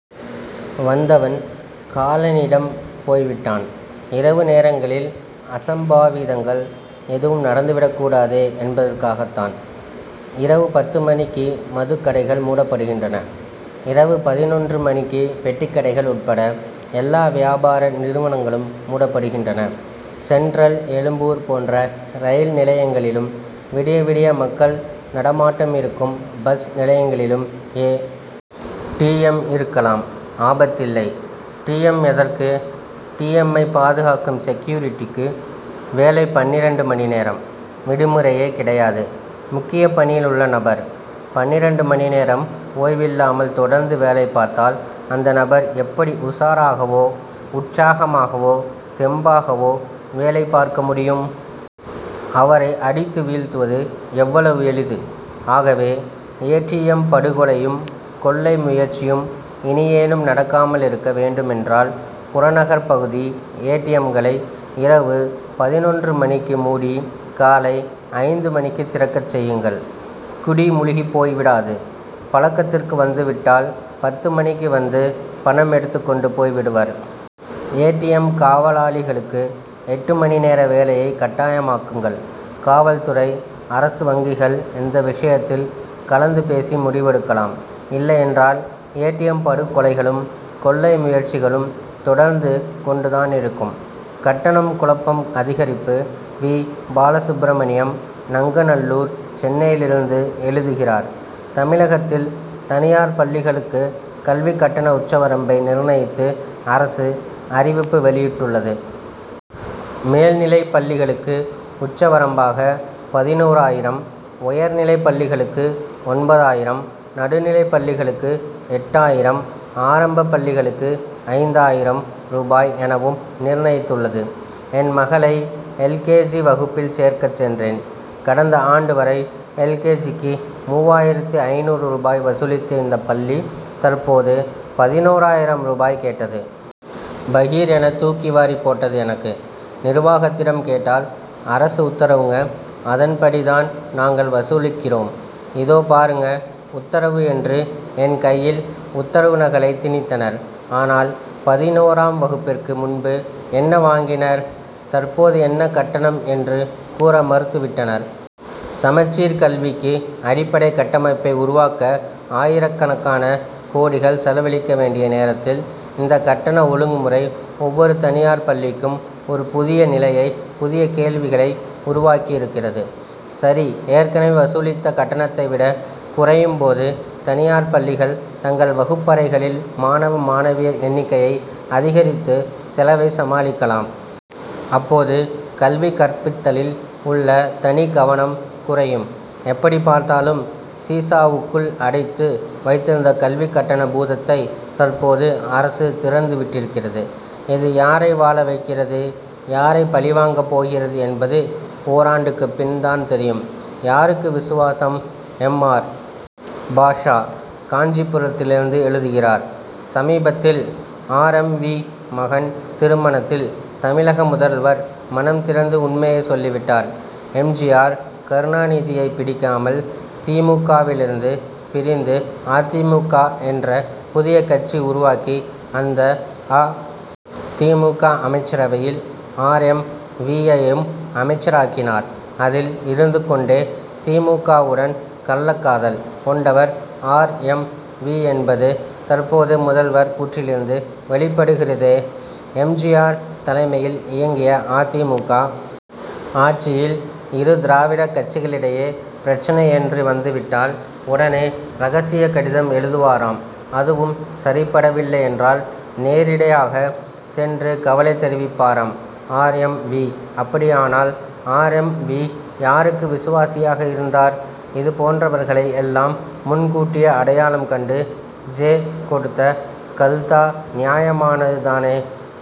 வந்தவன், காலனிடம் போய்விட்டான். இரவு நேரங்களில் அசம்பாவிதங்கள் எதுவும் நடந்துவிடக்கூடாதே என்பதற்காகத் தான், இரவு பத்து மணிக்கு மதுக்கடைகள் மூடப்படுகின்றன. இரவு பதினொன்று மணிக்கு பெட்டிக்கடைகள் உட்பட, எல்லா வியாபார நிறுவனங்களும் மூடப்படுகின்றன. சென்ட்ரல்-எழும்பூர் போன்ற ரயில் நிலையங்களிலும், விடியவிடிய மக்கள் நடமாட்டமிருக்கும், பஸ் நிலையங்களிலும் ஏ. டி. எம்., இருக்கலாம்; ஆபத்தில்லை! டி. எம்., எதற்கு? டி. எம்.,மை பாதுகாக்கும் செக்யூரிட்டிக்கு, வேலை பன்னிரண்டு மணி நேரம்; விடுமுறையே கிடையாது. முக்கிய பணியில் உள்ள நபர், பன்னிரண்டு மணிநேரம் ஓய்வில்லாமல் தொடர்ந்து வேலைப் பார்த்தால், அந்த நபர் எப்படி உஷாராகவோ, உற்சாகமாகவோ, தெம்பாகவோ வேலை பார்க்க முடியும்? அவரை அடித்து வீழ்த்துவது எவ்வளவு எளிது! ஆகவே, ஏ. டி. எம்., படுகொலையும், கொள்ளை முயற்சியும் இனியேனும் நடக்காமலிருக்க வேண்டுமென்றால், புறநகர் பகுதி ஏ. டி. எம்.,களை, இரவு பதினொன்று மணிக்கு மூடி, காலை ஐந்து மணிக்குத் திறக்கச் செய்யுங்கள்; குடி முழுகிப் போய்விடாது! பழக்கத்திற்கு வந்து விட்டால், பத்து மணிக்கு வந்து, பணம் எடுத்துக்கொண்டு போய் விடுவர். ஏ. டி. எம்., காவலாளிகளுக்கு, எட்டு மணி நேர வேலையைக் கட்டாயமாக்குங்கள். காவல்துறை, அரசு வங்கிகள் இந்த விஷயத்தில் கலந்து பேசி முடிவெடுக்கலாம். இல்லையென்றால், ஏ. டி. எம்., படுகொலைகளும், கொள்ளை முயற்சிகளும் தொடர்ந்து கொண்டுதானிருக்கும். கட்டணம் குழப்பம் அதிகரிப்பு வி. பாலசுப்ரமணியம், நங்கநல்லூர், சென்னையிலிருந்து எழுதுகிறார்: தமிழகத்தில் தனியார் பள்ளிகளுக்கு கல்விக் கட்டண உச்சவரம்பை நிர்ணயித்து அரசு அறிவிப்பு வெளியிட்டுள்ளது. மேல்நிலைப் பள்ளிகளுக்கு உச்சவரம்பாக பதினோராயிரம், உயர்நிலைப் பள்ளிகளுக்கு ஒன்பதாயிரம், நடுநிலைப் பள்ளிகளுக்கு எட்டாயிரம், ஆரம்பப் பள்ளிகளுக்கு ஐந்தாயிரம் ரூபாய் எனவும் நிர்ணயித்துள்ளது. என் மகளை, எல். கே. கே. ஜி., வகுப்பில் சேர்க்கச் சென்றேன். கடந்த ஆண்டு வரை, எல். கே. ஜி.,க்கு மூவாயிரத்து ஐந்நூறு ரூபாய் வசூலித்த இந்தப் பள்ளி, தற்போது, பதினோராயிரம் ரூபாய் கேட்டது. பகீர்' என, தூக்கி வாரிப் போட்டது எனக்கு! நிர்வாகத்திடம் கேட்டால், அரசு உத்தரவுங்கஅதன்படி தான் நாங்கள் வசூலிக்கிறோம். இதோ பாருங்க, உத்தரவு' என்று என் கையில், உத்தரவு நகலைத் திணித்தனர். ஆனால், பதினோராம் வகுப்பிற்கு முன்பு என்ன வாங்கினர், தற்போது என்ன கட்டணம் என்று கூற மறுத்து விட்டனர். சமச்சீர் கல்விக்கு அடிப்படைக் கட்டமைப்பை உருவாக்க ஆயிரக்கணக்கான கோடிகள் செலவழிக்க வேண்டிய நேரத்தில், இந்த கட்டண ஒழுங்குமுறை ஒவ்வொரு தனியார் பள்ளிக்கும் ஒரு புதிய நிலையை, புதிய கேள்விகளை உருவாக்கியிருக்கிறது. சரிஏற்கனவே வசூலித்த கட்டணத்தை விட குறையும் போது, தனியார் பள்ளிகள் தங்கள் வகுப்பறைகளில் மாணவ, மாணவியர் எண்ணிக்கையை அதிகரித்து செலவைச் சமாளிக்கலாம். அப்போது, கல்வி கற்பித்தலில் உள்ள தனிக்கவனம் குறையும். எப்படிப்பார்த்தாலும், சீசாவுக்குள் அடைத்து வைத்திருந்த கல்விக் கட்டண பூதத்தை தற்போது அரசு திறந்து விட்டிருக்கிறது. இது யாரை வாழ வைக்கிறது, யாரை பலிவாங்கப் போகிறது என்பது ஓராண்டுக்குப் பின் தான் தெரியும். யாருக்கு விசுவாசம்? எம். ஆர். பாஷா, காஞ்சிபுரத்திலிருந்து எழுதுகிறார்: சமீபத்தில் ஆர். எம். வீ., மகன் திருமணத்தில், தமிழக முதல்வர் மனம் திறந்து உண்மையை சொல்லிவிட்டார். எம். ஜி. ஆர்., கருணாநிதியை பிடிக்காமல், தி. மு. க.,விலிருந்து பிரிந்து, அ. தி. மு. க., என்று புதிய கட்சி உருவாக்கி, அந்த அ. தி. மு. க., அமைச்சரவையில், ஆர். எம். வீ.,யையும் அமைச்சராக்கினார். அதில் இருந்து கொண்டே, தி. மு. க.,வுடன், கள்ளக்காதல்' கொண்டவர் ஆர். எம். வீ., என்பது, தற்போது முதல்வர் கூற்றிலிருந்து வெளிப்படுகிறதே! எம். ஜி. ஆர்., தலைமையில் இயங்கிய அ. தி. மு. க., ஆட்சியில், இரு திராவிட கட்சிகளிடையே பிரச்னை என்று வந்துவிட்டால், உடனே ரகசிய கடிதம் எழுதுவாராம்அதுவும் சரிப்படவில்லை என்றால், நேரிடையாக சென்று கவலை தெரிவிப்பாராம் ஆர். எம். வீ., அப்படியானால், ஆர். எம். வீ., யாருக்கு விசுவாசியாக இருந்தார்? இது போன்றவர்களை எல்லாம் முன்கூட்டியே அடையாளம் கண்டு, ஜெ., கொடுத்த, கல்தா' நியாயமானது தானே!